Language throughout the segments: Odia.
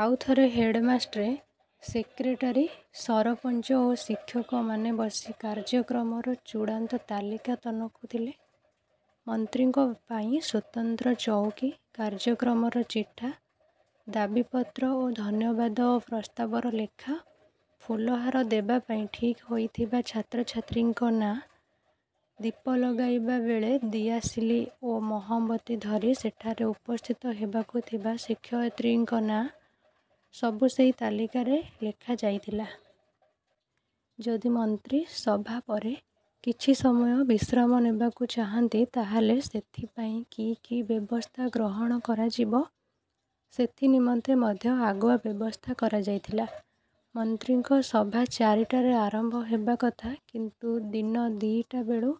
ଆଉ ଥରେ ହେଡ୍‌ମାଷ୍ଟ୍ରେ, ସେକ୍ରେଟାରୀ, ସରପଞ୍ଚ ଓ ଶିକ୍ଷକମାନେ ବସି କାର୍ଯ୍ୟକ୍ରମର ଚୂଡ଼ାନ୍ତ ତାଲିକା ତନଖୁଥିଲେ। ମନ୍ତ୍ରୀଙ୍କ ପାଇଁ ସ୍ୱତନ୍ତ୍ର ଚଉକୀ, କାର୍ଯ୍ୟକ୍ରମର ଚିଠା, ଦାବି ପତ୍ର ଓ ଧନ୍ୟବାଦ ଓ ପ୍ରସ୍ତାବର ଲେଖା, ଫୁଲହାର ଦେବା ପାଇଁ ଠିକ୍ ହୋଇଥିବା ଛାତ୍ରଛାତ୍ରୀଙ୍କ ନାଁ, ଦୀପ ଲଗାଇବା ବେଳେ ଦିଆସିଲି ଓ ମହମବତୀ ଧରି ସେଠାରେ ଉପସ୍ଥିତ ହେବାକୁ ଥିବା ଶିକ୍ଷୟିତ୍ରୀଙ୍କ ନାଁ ସବୁ ସେଇ ତାଲିକାରେ ଲେଖାଯାଇଥିଲା। ଯଦି ମନ୍ତ୍ରୀ ସଭା ପରେ କିଛି ସମୟ ବିଶ୍ରାମ ନେବାକୁ ଚାହାଁନ୍ତି ତାହେଲେ ସେଥିପାଇଁ କି କି ବ୍ୟବସ୍ଥା ଗ୍ରହଣ କରାଯିବ ସେଥି ନିମନ୍ତେ ମଧ୍ୟ ଆଗୁଆ ବ୍ୟବସ୍ଥା କରାଯାଇଥିଲା। ମନ୍ତ୍ରୀଙ୍କ ସଭା ଚାରିଟାରେ ଆରମ୍ଭ ହେବା କଥା; କିନ୍ତୁ ଦିନ ଦିଇଟା ବେଳୁ,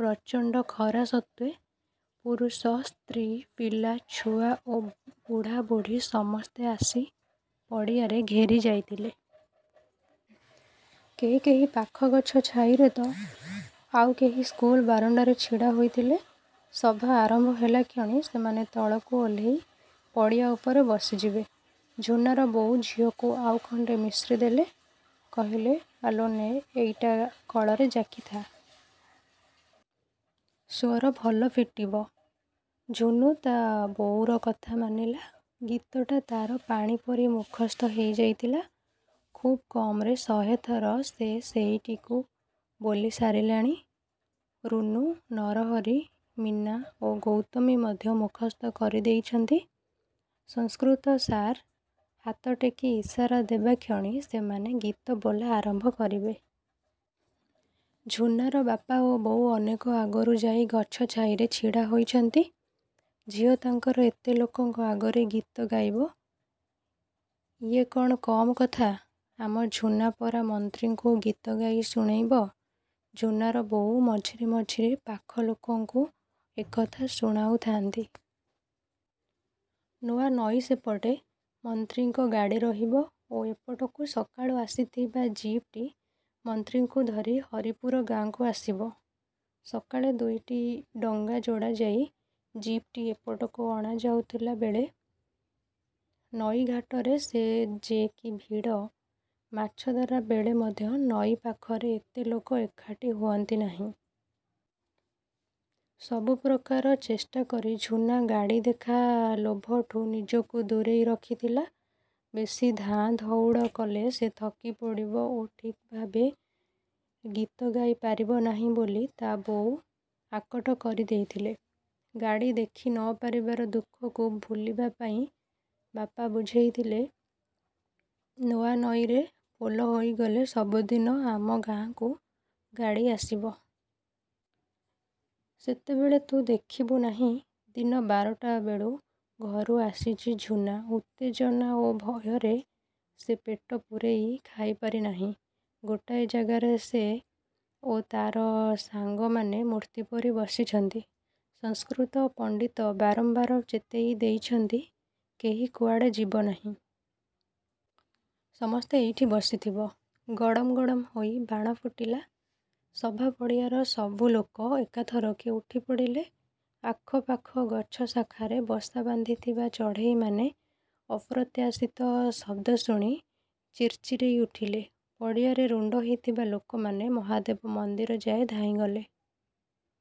ପ୍ରଚଣ୍ଡ ଖରା ସତ୍ତ୍ୱେ, ପୁରୁଷ, ସ୍ତ୍ରୀ, ପିଲା, ଛୁଆ ଓ ବୁଢ଼ା ବୁଢ଼ୀ ସମସ୍ତେ ଆସି ପଡ଼ିଆରେ ଘେରି ଯାଇଥିଲେ। କେହି କେହି ପାଖ ଗଛ ଛାଇରେ ତ ଆଉ କେହି ସ୍କୁଲ ବାରଣ୍ଡାରେ ଛିଡ଼ା ହେଇଥିଲେ, ସଭା ଆରମ୍ଭ ହେଲାକ୍ଷଣି ସେମାନେ ତଳକୁ ଓହ୍ଲେଇ ପଡ଼ିଆ ଉପରେ ବସିଯିବେ। ଝୁନାର ବୋଉ ଝିଅକୁ ଆଉ ଖଣ୍ଡେ ମିଶ୍ରି ଦେଲେ। କହିଲେ, "ଆଲୋ ନେ, ଏଇଟା କଳରେ ଜାକିଥା। ସ୍ୱର ଭଲ ଫିଟିବ।" ଝୁନୁ ତା ବୋଉର କଥା ମାନିଲା। ଗୀତଟା ତାର ପାଣି ପରି ମୁଖସ୍ଥ ହେଇ ଯାଇଥିଲା। ଖୁବ୍ କମରେ ଶହେଥର ସେ ସେଇଟିକୁ ବୋଲି ସାରିଲାଣି। ରୁନୁ, ନରହରି, ମୀନା ଓ ଗୌତମୀ ମଧ୍ୟ ମୁଖସ୍ଥ କରି ଦେଇଛନ୍ତି। ସଂସ୍କୃତ ସାର୍ ହାତଟେକି ଇସାରା ଦେବା କ୍ଷଣି ସେମାନେ ଗୀତ ବୋଲା ଆରମ୍ଭ କରିବେ। ଝୁନାର ବାପା ଓ ବୋଉ ଅନେକ ଆଗରୁ ଯାଇ ଗଛ ଛାଇରେ ଛିଡ଼ା ହୋଇଛନ୍ତି। ଝିଅ ତାଙ୍କର ଏତେ ଲୋକଙ୍କ ଆଗରେ ଗୀତ ଗାଇବ, ଇଏ କଣ କମ୍ କଥା। "ଆମ ଝୁନା ପରା ମନ୍ତ୍ରୀଙ୍କୁ ଗୀତ ଗାଇ ଶୁଣେଇବ।" ଝୁନାର ବୋଉ ମଝିରେ ମଝିରେ ପାଖ ଲୋକଙ୍କୁ ଏକଥା ଶୁଣଉଥାଆନ୍ତି। ନୂଆନଈ ସେପଟେ ମନ୍ତ୍ରୀଙ୍କ ଗାଡ଼ି ରହିବ ଓ ଏପଟକୁ ସକାଳୁ ଆସିଥିବା ଜିପ୍‌ଟି ମନ୍ତ୍ରୀଙ୍କୁ ଧରି ହରିପୁର ଗାଁକୁ ଆସିବ। ସକାଳେ ଦୁଇଟି ଡଙ୍ଗା ଯୋଡ଼ାଯାଇ ଜିପ୍‌ଟି ଏପଟକୁ ଅଣାଯାଉଥିଲା ବେଳେ ନଈଘାଟରେ ସେ ଯେ କି ଭିଡ଼! ମାଛଧରା ବେଳେ ମଧ୍ୟ ନଈ ପାଖରେ ଏତେ ଲୋକ ଏକାଠି ହୁଅନ୍ତି ନାହିଁ। ସବୁ ପ୍ରକାର ଚେଷ୍ଟା କରି ଝୁନା ଗାଡ଼ି ଦେଖା ଲୋଭଠୁ ନିଜକୁ ଦୂରେଇ ରଖିଥିଲା। ବେଶୀ ଧାଁ ଧଉଡ଼ କଲେ ସେ ଥକି ପଡ଼ିବ ଓ ଠିକ୍ ଭାବେ ଗୀତ ଗାଇ ପାରିବ ନାହିଁ ବୋଲି ତା ବୋଉ ଆକଟ କରି ଦେଇଥିଲେ। ଗାଡ଼ି ଦେଖି ନ ପାରିବାର ଦୁଃଖକୁ ଭୁଲିବା ପାଇଁ ବାପା ବୁଝେଇଥିଲେ, ନୂଆନଈରେ ପୋଲ ହେଇଗଲେ ସବୁଦିନ ଆମ ଗାଁକୁ ଗାଡ଼ି ଆସିବ। ସେତେବେଳେ ତୁ ଦେଖିବୁ ନାହିଁ! ଦିନ ବାରଟା ବେଳୁ ଘରୁ ଆସିଛି ଝୁନା। ଉତ୍ତେଜନା ଓ ଭୟରେ ସେ ପେଟ ପୂରେଇ ଖାଇପାରି ନାହିଁ। ଗୋଟାଏ ଜାଗାରେ ସେ ଓ ତାର ସାଙ୍ଗମାନେ ମୂର୍ତ୍ତି ପରି ବସିଛନ୍ତି। ସଂସ୍କୃତ ପଣ୍ଡିତ ବାରମ୍ବାର ଚେତେଇ ଦେଇଛନ୍ତି, କେହି କୁଆଡ଼େ ଯିବ ନାହିଁ। ସମସ୍ତେ ଏଇଠି ବସିଥିବ। ଗଡ଼ମ୍ ଗଡମ୍ ହୋଇ ବାଣ ଫୁଟିଲା। ସଭା ପଡ଼ିଆର ସବୁ ଲୋକ ଏକାଥରକେ ଉଠି ପଡ଼ିଲେ। ଆଖପାଖ ଗଛ ଶାଖାରେ ବସା ବାନ୍ଧିଥିବା ଚଢ଼େଇମାନେ ଅପ୍ରତ୍ୟାଶିତ ଶବ୍ଦ ଶୁଣି ଚିର୍ଚିରେଇ ଉଠିଲେ। ପଡ଼ିଆରେ ରୁଣ୍ଡ ହେଇଥିବା ଲୋକମାନେ ମହାଦେବ ମନ୍ଦିର ଯାଏ ଧାଇଁଗଲେ।